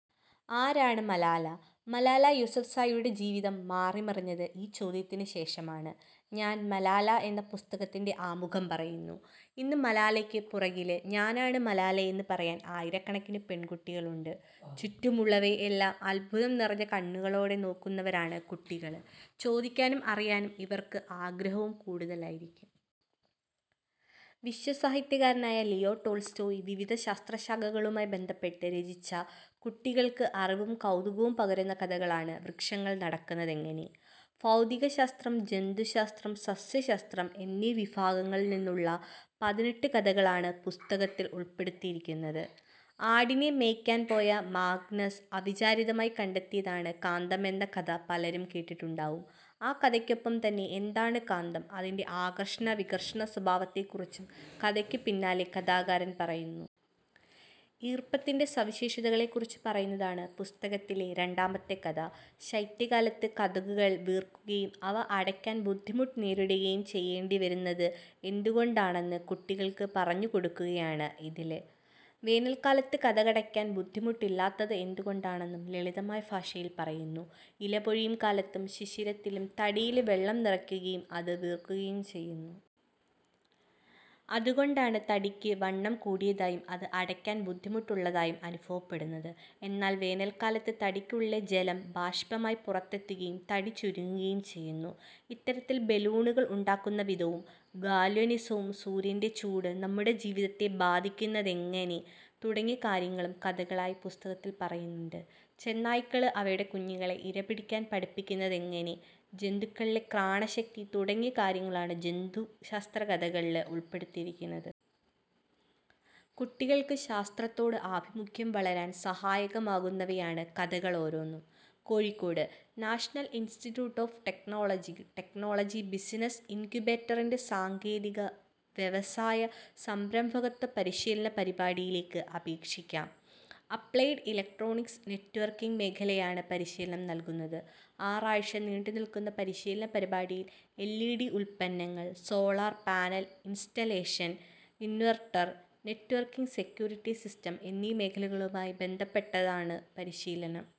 ആരാണ് മലാല. മലാല യൂസഫ്സായിയുടെ ജീവിതം മാറിമറിഞ്ഞത് ഈ ചോദ്യത്തിന് ശേഷമാണ്. ഞാന് മലാല എന്ന പുസ്തകത്തിന്റെ ആമുഖം പറയുന്നു. ഇന്ന് മലാലയ്ക്ക് പുറകില് ഞാനാണ് മലാലയെന്ന് പറയാന് ആയിരക്കണക്കിന് പെണ്കുട്ടികള് ഉണ്ട്. ചുറ്റുമുള്ളവയെ എല്ലാം അദ്ഭുതം നിറഞ്ഞ കണ്ണുകളോടെ നോക്കുന്നവരാണ് കുട്ടികള്. ചോദിക്കാനും അറിയാനും ഇവര്ക്ക് ആഗ്രഹവും കൂടുതലായിരിക്കും. വിശ്വസാഹിത്യകാരനായ ലിയോ ടോള്സ്റ്റോയ് വിവിധ ശാസ്ത്രശാഖകളുമായി ബന്ധപ്പെട്ട് രചിച്ച കുട്ടികള്ക്ക് അറിവും കൗതുകവും പകരുന്ന കഥകളാണ് 'വൃക്ഷങ്ങള് നടക്കുന്നതെങ്ങനെ'. ഭൗതികശാസ്ത്രം, ജന്തുശാസ്ത്രം, സസ്യശാസ്ത്രം എന്നീ വിഭാഗങ്ങളില് നിന്നുള്ള പതിനെട്ടു കഥകളാണ് പുസ്തകത്തില് ഉള്പ്പെടുത്തിയിരിക്കുന്നത്. ആടിനെ മേയ്ക്കാന് പോയ മാഗനസ് അവിചാരിതമായി കണ്ടെത്തിയതാണ് കാന്തമെന്ന കഥ പലരും കേട്ടിട്ടുണ്ടാവും. ആ കഥയ്ക്കൊപ്പം തന്നെ എന്താണ് കാന്തം, അതിന്റെ ആകര്ഷണവികര്ഷണ സ്വഭാവത്തെ കുറിച്ചും കഥയ്ക്കു പിന്നാലെ കഥാകാരന് പറയുന്നു. ഈര്പ്പത്തിന്റെ സവിശേഷതകളെ കുറിച്ച് പറയുന്നതാണ് പുസ്തകത്തിലെ രണ്ടാമത്തെ കഥ. ശൈത്യകാലത്ത് കതകുകള് വീര്ക്കുകയും അവ അടയ്ക്കാന് ബുദ്ധിമുട്ട് നേരിടുകയും ചെയ്യേണ്ടി വരുന്നത് എന്തുകൊണ്ടാണെന്ന് കുട്ടികള്ക്ക് പറഞ്ഞു കൊടുക്കുകയാണ് ഇതില്. വേനല്ക്കാലത്ത് കതകടയ്ക്കാന് ബുദ്ധിമുട്ടില്ലാത്തത് എന്തുകൊണ്ടാണെന്നും ലളിതമായ ഭാഷയില് പറയുന്നു. ഇല പൊഴിയും കാലത്തും ശിശിരത്തിലും തടിയില് വെള്ളം നിറയുകയും അത് വീര്ക്കുകയും ചെയ്യുന്നു. അതുകൊണ്ടാണ് തടിക്ക് വണ്ണം കൂടിയതായും അത് അടയ്ക്കാന് ബുദ്ധിമുട്ടുള്ളതായും അനുഭവപ്പെടുന്നത്. എന്നാല് വേനല്ക്കാലത്ത് തടിക്കുള്ളിലെ ജലം ബാഷ്പമായി പുറത്തെത്തുകയും തടി ചുരുങ്ങുകയും ചെയ്യുന്നു. ഇത്തരത്തില് ബലൂണുകള് ഉണ്ടാക്കുന്ന വിധവും ഗാല്വനിസവും സൂര്യന്റെ ചൂട് നമ്മുടെ ജീവിതത്തെ ബാധിക്കുന്നതെങ്ങനെ തുടങ്ങിയ കാര്യങ്ങളും കഥകളായി പുസ്തകത്തില് പറയുന്നുണ്ട്. ചെന്നായ്ക്കള് അവയുടെ കുഞ്ഞുങ്ങളെ ഇര പിടിക്കാന് പഠിപ്പിക്കുന്നതെങ്ങനെ, ജന്തുക്കളിലെ ഘ്രാണശക്തി തുടങ്ങിയ കാര്യങ്ങളാണ് ജന്തുശാസ്ത്ര കഥകളില് ഉള്പ്പെടുത്തിയിരിക്കുന്നത്. കുട്ടികള്ക്ക് ശാസ്ത്രത്തോട് ആഭിമുഖ്യം വളരാന് സഹായകമാകുന്നവയാണ് കഥകള് ഓരോന്നും. Kozhikode National Institute of Technology, technology business ഇന്ക്യുബേറ്ററിന്റെ സാങ്കേതിക വ്യവസായ സംരംഭകത്വ പരിശീലന പരിപാടിയിലേക്ക് അപേക്ഷിക്കാം. അപ്ലൈഡ് ഇലക്ട്രോണിക്സ് നെറ്റ്വര്ക്കിങ് മേഖലയിലാണ് പരിശീലനം നല്കുന്നത്. ആറാഴ്ച നീണ്ടു നില്ക്കുന്ന പരിശീലന പരിപാടിയില് എല്ഇഡി ഉത്പന്നങ്ങള്, solar panel installation, inverter, networking security system എന്നീ മേഖലകളുമായി ബന്ധപ്പെട്ടാണ് പരിശീലനം.